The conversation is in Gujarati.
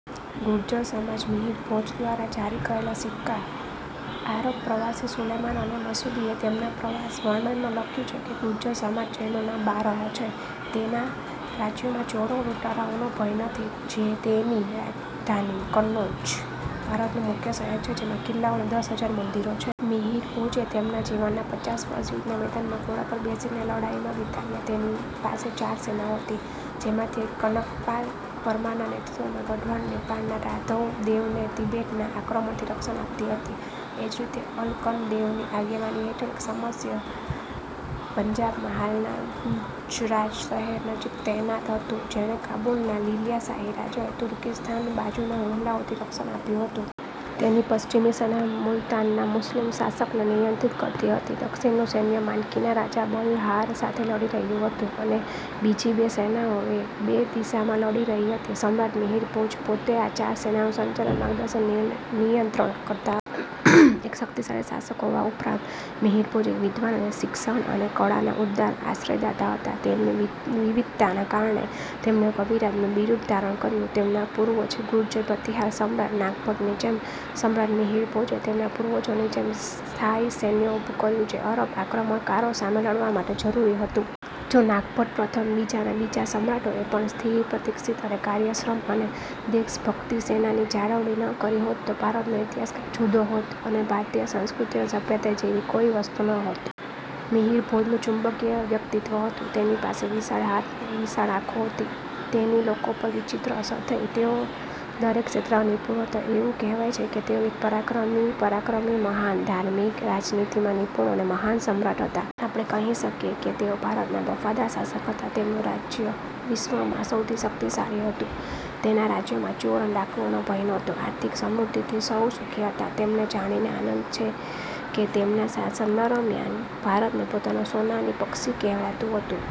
ગુર્જર સમ્રાટ મિહિર ભોજ દ્વારા જારી કરાયેલા સિક્કા આરબ પ્રવાસી સુલેમાન અને મસૂદીએ તેમના પ્રવાસ વર્ણનમાં લખ્યું છે કે 'ગુર્જર સમ્રાટ જેનું નામ બારહ છે. તેના રાજ્યમાં ચોરો અને લૂંટારાઓનો ભય નથી. તેની રાજધાની કન્નૌજ ભારતનું મુખ્ય શહેર છે, જેમાં કિલ્લાઓ અને દસ હજાર મંદિરો છે. મિહિર ભોજે તેમના જીવનના પચાસ વર્ષ યુદ્ધના મેદાનમાં ઘોડા પર બેસીને લડાઈમાં વિતાવ્યા. તેની પાસે ચાર સેનાઓ હતી, જેમાંથી એક કનકપાલ પરમારના નેતૃત્વમાં ગઢવાલ નેપાળના રાઘવદેવને તિબેટના આક્રમણથી રક્ષણ આપતી હતી. એ જ રીતે, અલ્કન દેવની આગેવાની હેઠળ એક સૈન્ય પંજાબમાં હાલના ગુજરાજ શહેર નજીક તૈનાત હતું, જેણે કાબુલના લાલિયાશાહી રાજાઓને તુર્કીસ્તાન બાજુના હુમલાઓથી રક્ષણ આપ્યું હતું. તેની પશ્ચિમી સેના મુલતાનના મુસ્લિમ શાસકને નિયંત્રિત કરતી હતી. દક્ષિણનું સૈન્ય માનકીના રાજા બલહાર સાથે લડી રહ્યું હતું અને બીજી બે સેનાઓ બે દિશામાં લડી રહી હતી. સમ્રાટ મિહિર ભીજ પોતે આ ચાર સેનાઓનું સંચાલન, માર્ગદર્શન અને નિયંત્રણ કરતા હતા. એક શક્તિશાળી શાસક હોવા ઉપરાંત, મિહિર ભોજ એક વિદ્વાન અને શિક્ષણ અને કળાના ઉદાર આશ્રયદાતા હતા. તેમની વિદ્વતાના કારણે તેમણે 'કવિરાજ'નું બિરુદ ધારણ કર્યું. તેમના પૂર્વજ ગુર્જર પ્રતિહાર સમ્રાટ નાગભટ્ટ ની જેમ, સમ્રાટ મિહિર ભોજે તેમના પૂર્વજોની જેમ સ્થાયી સૈન્ય ઉભું કર્યું જે આરબ આક્રમણકારો સામે લડવા માટે જરૂરી હતું. જો નાગભટ્ટ પ્રથમ પછીના બીજા સમ્રાટોએ પણ સ્થિર, પ્રશિક્ષિત અને કાર્યક્ષમ અને દેશભક્તિ સેનાની જાળવણી ન કરી હોત તો ભારતનો ઈતિહાસ કંઈક જુદો હોત અને ભારતીય સંસ્કૃતિ અને સભ્યતા જેવી કોઈ વસ્તુ ન હોત. મિહિરભોજનું ચુંબકીય વ્યક્તિત્વ હતું, તેની પાસે વિશાળ હાથ અને વિશાળ આંખો હતી. તેની લોકો પર વિચિત્ર અસર થઈ. તેઓ દરેક ક્ષેત્રમાં નિપુણ હતા, એવું કહેવાય છે કે તેઓ એક પરાક્રમી પરાક્રમી, મહાન ધાર્મિક, રાજનીતિમાં નિપુણ અને મહાન સમ્રાટ હતા. આપણે કહી શકીએ કે તેઓ ભારતના વફાદાર શાસક હતા. તેમનું રાજ્ય વિશ્વમાં સૌથી શક્તિશાળી હતું. તેના રાજ્યમાં ચોર અને ડાકુઓનો ભય નહોતો. આર્થિક સમૃદ્ધિથી સૌ ખુશ હતા. તમને જાણીને આનંદ થશે કે તેમના શાસનકાળ દરમિયાન ભારતને સોનાનું પક્ષી કહેવામાં આવતું હતું.